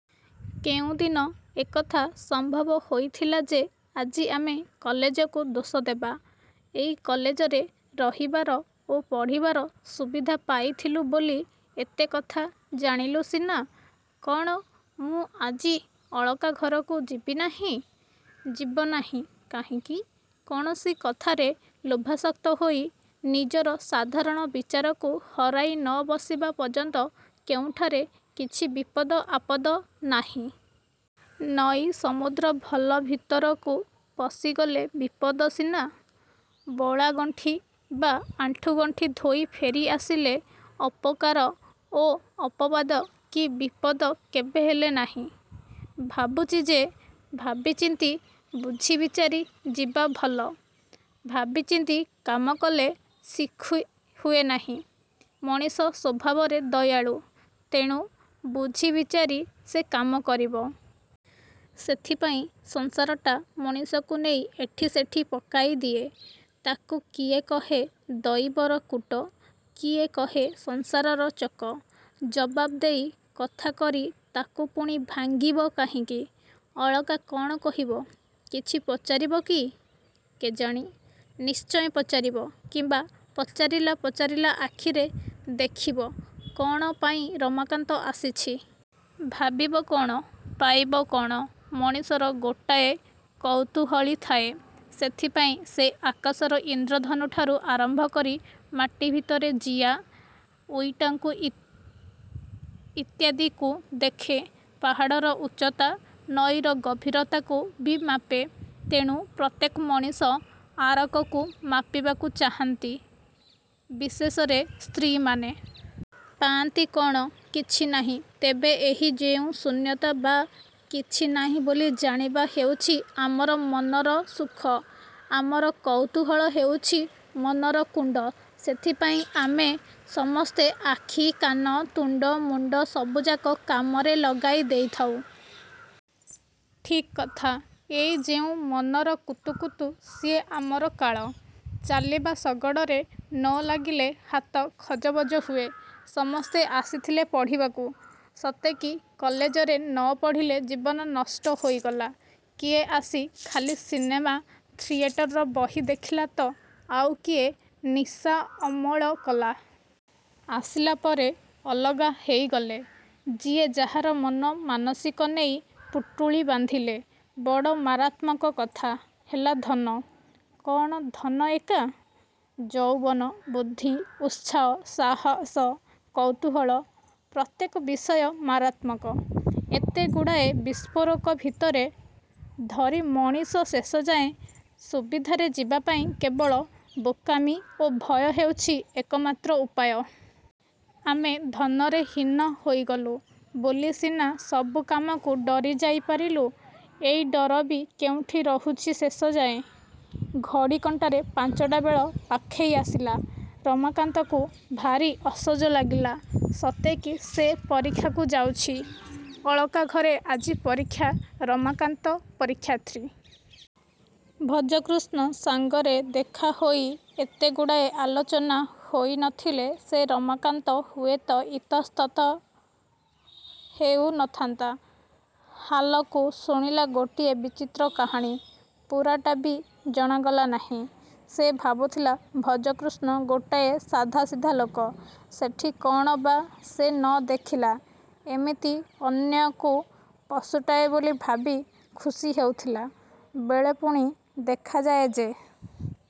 କେଉଁ ଦିନ ଏକଥା ସମ୍ଭବ ହୋଇଥିଲା ଯେ ଆଜି ଆମେ କଲେଜକୁ ଦୋଷ ଦେବା? ଏଇ କଲେଜରେ ରହିବାର ଓ ପଢ଼ିବାର ସୁବିଧା ପାଇଥିଲୁ ବୋଲି ଏତେ କଥା ଜାଣିଲୁ ସିନା। -କ'ଣ ମୁଁ ଆଜି ଅଳକା ଘରକୁ ଯିବି ନାହିଁ? -ଯିବନାହିଁ କାହିଁକି? କୌଣସି କଥାରେ ଲୋଭାସକ୍ତ ହୋଇ ନିଜର ସାଧାରଣ ବିଚାରକୁ ହରାଇ ନ ବସିବା ପର୍ଯ୍ୟନ୍ତ କେଉଁଠାରେ କିଛି ବିପଦ ଆପଦ ନାହିଁ। ନଈ ସମୁଦ୍ର ଭଲ-ଭିତରକୁ ପଶିଗଲେ ବିପଦ ସିନା। ବଳାଗଣ୍ଠି ବା ଆଣ୍ଠୁଗଣ୍ଠି ଧୋଇ ଫେରି ଆସିଲେ ଅପକାର-ଅପବାଦ କି ବିପଦ କେବେହେଲେ ନାହିଁ। -ଭାବୁଛି ଯେ ଭାବିଚିନ୍ତି ବୁଝିବିଚାରି ଯିବା ଭଲ। -ଭାବିଚିନ୍ତି କାମ କଲେ ଶିଖି ହୁଏ ନାହିଁ। ମଣିଷ ସ୍ୱଭାବରେ ଭୟାଳୁ। ତେଣୁ ବୁଝି ବିଚାରି ସେ କାମ କରିବ। ସେଥିପାଇଁ ସଂସାରଟା ମଣିଷକୁ ନେଇ ଏଠି ସେଠି ପକାଇ ଦିଏ-ତାକୁ କିଏ କହେ ଦଇବର କୂଟ-କିଏ କହେ ସଂସାରର ଚକ। ଜବାବ ଦେଇ କଥା କରି ତା'କୁ ପୁଣି ଭାଙ୍ଗିବ କାହିଁକି? ଅଳକା କ'ଣ କହିବ? କିଛି ପଚାରିବ କି? -କେଜାଣି? ନିଶ୍ଚୟ ପଚାରିବ କିମ୍ୱା ପଚାରିଲା ପଚାରିଲା ଆଖିରେ ଦେଖିବ କ'ଣ ପାଇଁ ରମାକାନ୍ତ ଆସିଛି? -ଭାବିବ କ'ଣ? ପାଇବ କ'ଣ? -ମଣିଷର ଗୋଟାଏ କୌତୂହଳୀ ଥାଏ। ସେଥିପାଇଁ ସେ ଆକାଶର ଇନ୍ଦ୍ରଧନୁଠାରୁ ଆରମ୍ଭ କରି ମାଟି ଭିତରେ ଜିଆ, ଉଇଟାଙ୍କୁ ଇତ୍ୟାଦିକୁ ଦେଖେ। ପାହାଡ଼ର ଉଚ୍ଚତା, ନଈର ଗଭୀରତାକୁ ବି ମାପେ। ତେଣୁ ପ୍ରତ୍ୟେକ ମଣିଷ ଆରକକୁ ମାପିବାକୁ ଚାହାନ୍ତି-ବିଶେଷରେ ସ୍ତ୍ରୀମାନେ। -ପାଆନ୍ତି କ'ଣ? -କିଛି ନାହିଁ। ତେବେ ଏହି ଯେଉଁ ଶୂନ୍ୟତା ବା କିଛି ନାହିଁ ବୋଲି ଜାଣିବା ହେଉଛି ଆମର ମନର ସୁଖ। ଆମର କୌତୂହଳ ହେଉଛି ମନର କଣ୍ଡୁ। ସେଥିପାଇଁ ଆମେ ସମସ୍ତେ ଆଖି, କାନ, ତୁଣ୍ଡ ମୁଣ୍ଡ ସବୁଯାକ କାମରେ ଲଗାଇ ଦେଇଥାଉ। -ଠିକ୍ କଥା। ଏଇ ଯେଉଁ ମନର କୁତୁକୁତୁ-ସିଏ ଆମର କାଳ। ଚାଲିବା ଶଗଡ଼ରେ ନ ଲାଗିଲେ ହାତ ଖଜବଜ ହୁଏ। ସମସ୍ତେ ଆସିଥିଲେ ପଢ଼ିବାକୁ। ସତେକି କଲେଜରେ ନ ପଢ଼ିଲେ ଜୀବନ ନଷ୍ଟ ହୋଇଗଲା। କିଏ ଆସି ଖାଲି ସିନେମା ଥିଏଟର ବହି ଦେଖିଲା ତ ଆଉ କିଏ ନିଶା ଅମଳ କଲା-? ଆସିଲା ପରେ ଅଲଗା ହୋଇଗଲେ-ଯିଏ ଯାହାର ମନ ମାନସିକ ନେଇ ପୁଟୁଳି ବାନ୍ଧିଲେ-। -ବଡ଼ ମାରାତ୍ମକ କଥା ହେଲା ଧନ? -କ'ଣ ଧନ ଏକା? ଯୌବନ, ବୁଦ୍ଧି, ଉତ୍ସାହ, ସାହସ, କୌତୂହଳ-ପ୍ରତ୍ୟେକ ବିଷୟ ମାରାତ୍ମକ। ଏତେ ଗୁଡ଼ାଏ ବିସ୍ଫୋରକ ଭିତରେ ଧରି ମଣିଷ ଶେଷଯାଏ ସୁବିଧାରେ ଯିବାପାଇଁ କେବଳ ବୋକାମି ଓ ଭୟ ହେଉଛି ଏକମାତ୍ର ଉପାୟ। -ଆମେ ଧନରେ ହୀନ ହୋଇଗଲୁ ବୋଲି ସିନା ସବୁ କାମକୁ ଡରିଯାଇ ପାରିଲୁ। ଏଇ ଡର ବି କେଉଁଠି ରହୁଛି ଶେଷଯାଏ? ଘଡ଼ି କଣ୍ଟାରେ ପାଞ୍ଚଟା ବେଳ ପାଖେଇ ଆସିଲା। ରମାକାନ୍ତକୁ ଭାରି ଅସଜ ଲାଗିଲା-ସତେ କି ସେ ପରୀକ୍ଷାକୁ ଯାଉଛି। ଅଳକା ଘରେ ଆଜି ପରୀକ୍ଷା-ରମାକାନ୍ତ ପରୀକ୍ଷାର୍ଥୀ। ଭଜକୃଷ୍ଣ ସାଙ୍ଗରେ ଦେଖାହୋଇ ଏତେଗୁଡ଼ାଏ ଆଲୋଚନା ହୋଇ ନଥିଲେ ସେ ରମାକାନ୍ତ ହୁଏତ ଇତସ୍ତତଃ ହେଉ ନଥାନ୍ତା। ହାଲକୁ ଶୁଣିଲା ଗୋଟାଏ ବିଚିତ୍ର କାହାଣୀ-ପୂରାଟା ବି ଜଣାଗଲା ନାହିଁ। ସେ ଭାବୁଥିଲା ଭଜକୃଷ୍ଣ ଗୋଟାଏ ସାଧାସିଧା ଲୋକ-ସେଠି କ'ଣ ବା ସେ ନ ଦେଖିଲା? ଏମିତି ଅନ୍ୟକୁ ପଶୁଟାଏ ବୋଲି ଭାବି ଖୁସି ହେଉଥିଲା ବେଳେ ପୁଣି ଦେଖାଯାଏ ଯେ।